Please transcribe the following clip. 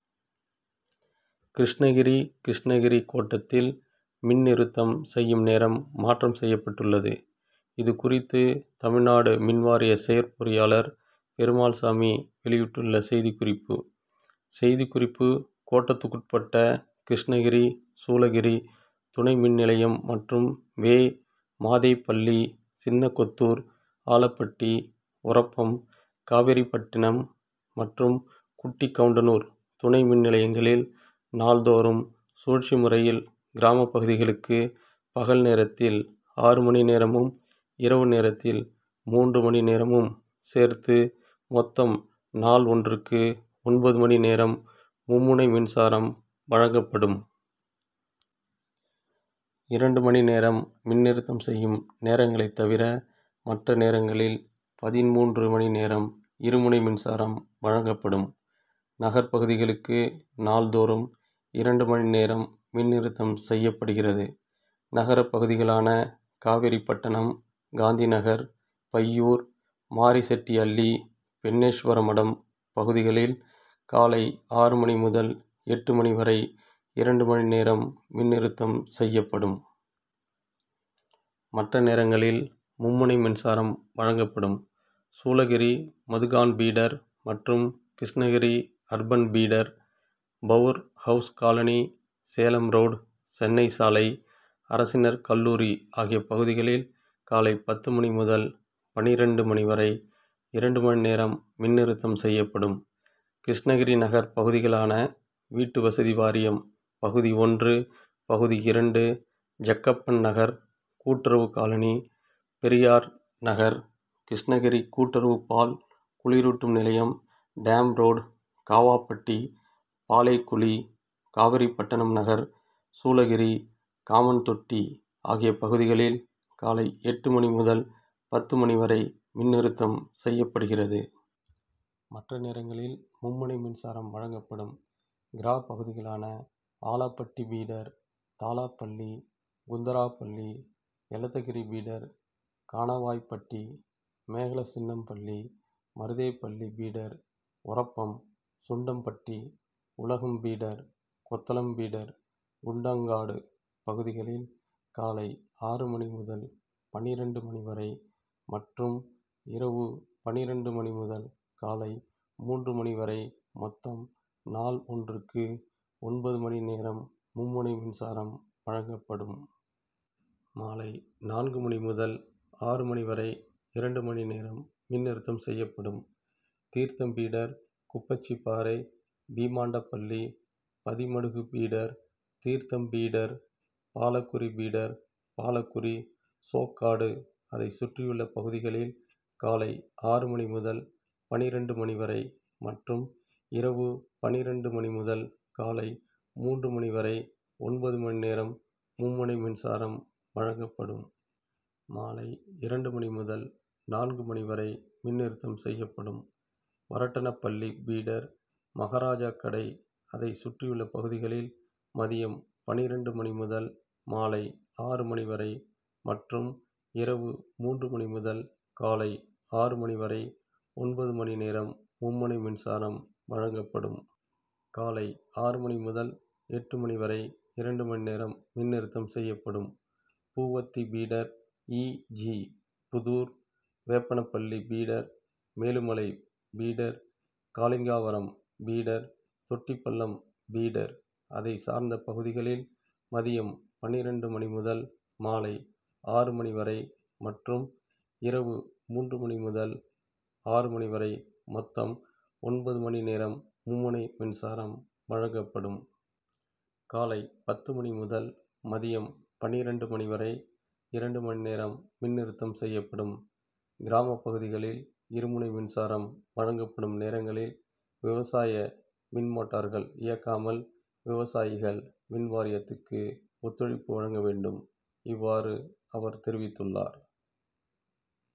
கிருஷ்ணகிரி கிருஷ்ணகிரி கோட்டத்தில் மின் நிறுத்தம் செய்யும் நேரம் மாற்றம் செய்யப்பட்டுள்ளது. இது குறித்து தமிழ்நாடு மின்வாரிய செயற்பொறியாளர் பெருமாள்சாமி வெளியிட்டுள்ள செய்திக்குறிப்பு கிருஷ்ணகிரி கோட்டத்துக்குட்பட்ட கிருஷ்ணகிரி, சூளகிரி துணை மின்நிலையம் மற்றும் வே. மாதேப்பள்ளி, சின்னக்கொத்தூர், ஆலப்பட்டி, ஒரப்பம், காவேரிப்பட்டணம் மற்றும் குட்டிகவுன்டனூர் துணை மின் நிலையங்களில் நாள்தோறும் சுழற்சி முறையில் கிராம பகுதிகளுக்கு பகல் நேரத்தில் ஆறு மணி நேரமும், இரவு நேரத்தில் மூன்று மணி நேரமும் சேர்த்து மொத்தம் நாள் ஒன்றுக்கு ஒன்பது மணி நேரம் மும்முனை மின்சாரம் வழங்கப்படும். இரண்டு மணி நேரம் மின் நிறுத்தம் செய்யும் நேரங்களை தவிர மற்ற நேரங்களில் பதின்மூன்று மணி நேரம் இரு முனை மின்சாரம் வழங்கப்படும். நகர் பகுதிகளுக்கு நாள்தோறும் இரண்டு மணி நேரம் மின்நிறுத்தம் செய்யப்படுகிறது. நகர பகுதிகளான காவேரிப்பட்டணம் காந்தி நகர், பையூர், மாரிசெட்டிஅள்ளி, பென்னேஸ்வரமடம் பகுதிகளில் காலை ஆறு மணி முதல் எட்டு மணிவரை இரண்டு மணிநேரம் மின் நிறுத்தம் செய்யப்படும். மற்ற நேரங்களில் மும்முனை மின்சாரம் வழங்கப்படும். சூளகிரி மதுகான்பீடர் மற்றும் Krishnagiri urban feeder, power house colony, Salem road, Chennai சாலை, அரசினர் கல்லூரி ஆகிய பகுதிகளில் காலை பத்து மணி முதல் பன்னிரண்டு மணிவரை இரண்டு மணிநேரம் மின் நிறுத்தம் செய்யப்படும். கிருஷ்ணகிரி நகர் பகுதிகளான வீட்டுவசதி வாரியம் பகுதி ஒன்று, பகுதி இரண்டு, ஜக்கப்பன்நகர், கூட்டுறவு காலனி, பெரியார் நகர், கிருஷ்ணகிரி கூட்டுறவு பால் குளிரூட்டும் நிலையம், டேம்ரோடு, காவாப்பட்டி, பாளேகுளி, காவேரிப்பட்டணம் நகர், சூளகிரி, காமன்தொட்டி ஆகிய பகுதிகளில் காலை எட்டு மணி முதல் பத்து மணி வரை மின் நிறுத்தம் செய்யப்படுகிறது. மற்ற நேரங்களில் மும்முனை மின்சாரம் வழங்கப்படும். கிரா பகுதிகளான Alappatti feeder, Thalapalli, Kundarapalli, Elathagiri feeder, Kanavaipatti, Megalachinnampalli, Maruthepalli feeder, Orappam, Sundampatti, Ulagam feeder, Kothalam feeder, Kundangadu பகுதிகளில் காலை ஆறு மணி முதல் பன்னிரண்டு மணிவரை மற்றும் இரவு பன்னிரண்டு மணி முதல் காலை மூன்று மணிவரை மொத்தம் நாள் ஒன்றுக்கு ஒன்பது மணிநேரம் மும்முனை மின்சாரம் வழங்கப்படும். மாலை நான்கு மணி முதல் ஆறு மணிவரை இரண்டு மணி நேரம் மின் நிறுத்தம் செய்யப்படும். Theertham feeder, Kuppachiparai, Beemandapalli, Pathimadugu feeder, Theertham feeder, Balakuri feeder, Balakuri, Sokkadu அதை சுற்றியுள்ள பகுதிகளில் காலை ஆறு மணி முதல் பன்னிரண்டு மணிவரை மற்றும் இரவு பன்னிரண்டு மணி முதல் காலை மூன்று மணிவரை ஒன்பது மணிநேரம் மும்முனை மின்சாரம் வழங்கப்படும். மாலை இரண்டு மணி முதல் நான்கு மணிவரை மின் நிறுத்தம் செய்யப்படும். வரட்டனப்பள்ளி பீடர், மகாராஜகடை அதை சுற்றியுள்ள பகுதிகளில் மதியம் பன்னிரண்டு மணி முதல் மாலை ஆறு மணிவரை மற்றும் இரவு மூன்று மணி முதல் காலை ஆறு மணிவரை ஒன்பது மணிநேரம் மும்முனை மின்சாரம் வழங்கப்படும். காலை ஆறு மணி முதல் எட்டு மணிவரை இரண்டு மணிநேரம் மின் நிறுத்தம் செய்யப்படும். Poovathi feeder, E. G Puthur, Veppanapalli feeder, Melumalai feeder, Kalingavaram feeder, Thottipallam feeder அதை சார்ந்த பகுதிகளில் மதியம் பன்னிரண்டு மணி முதல் மாலை ஆறு மணிவரை மற்றும் இரவு மூன்று மணி முதல் ஆறு மணி வரை மொத்தம் ஒன்பது மணிநேரம் மும்முனை மின்சாரம் வழங்கப்படும். காலை பத்து மணி முதல் மதியம் பன்னிரண்டு மணிவரை இரண்டு மணிநேரம் மின் நிறுத்தம் செய்யப்படும். கிராம பகுதிகளில் இருமுனை மின்சாரம் வழங்கப்படும் நேரங்களில் விவசாய மின்மோட்டார்கள் இயக்காமல் விவசாயிகள் மின்வாரியத்துக்கு ஒத்துழைப்பு வழங்க வேண்டும். இவ்வாறு அவர் தெரிவித்துள்ளார்.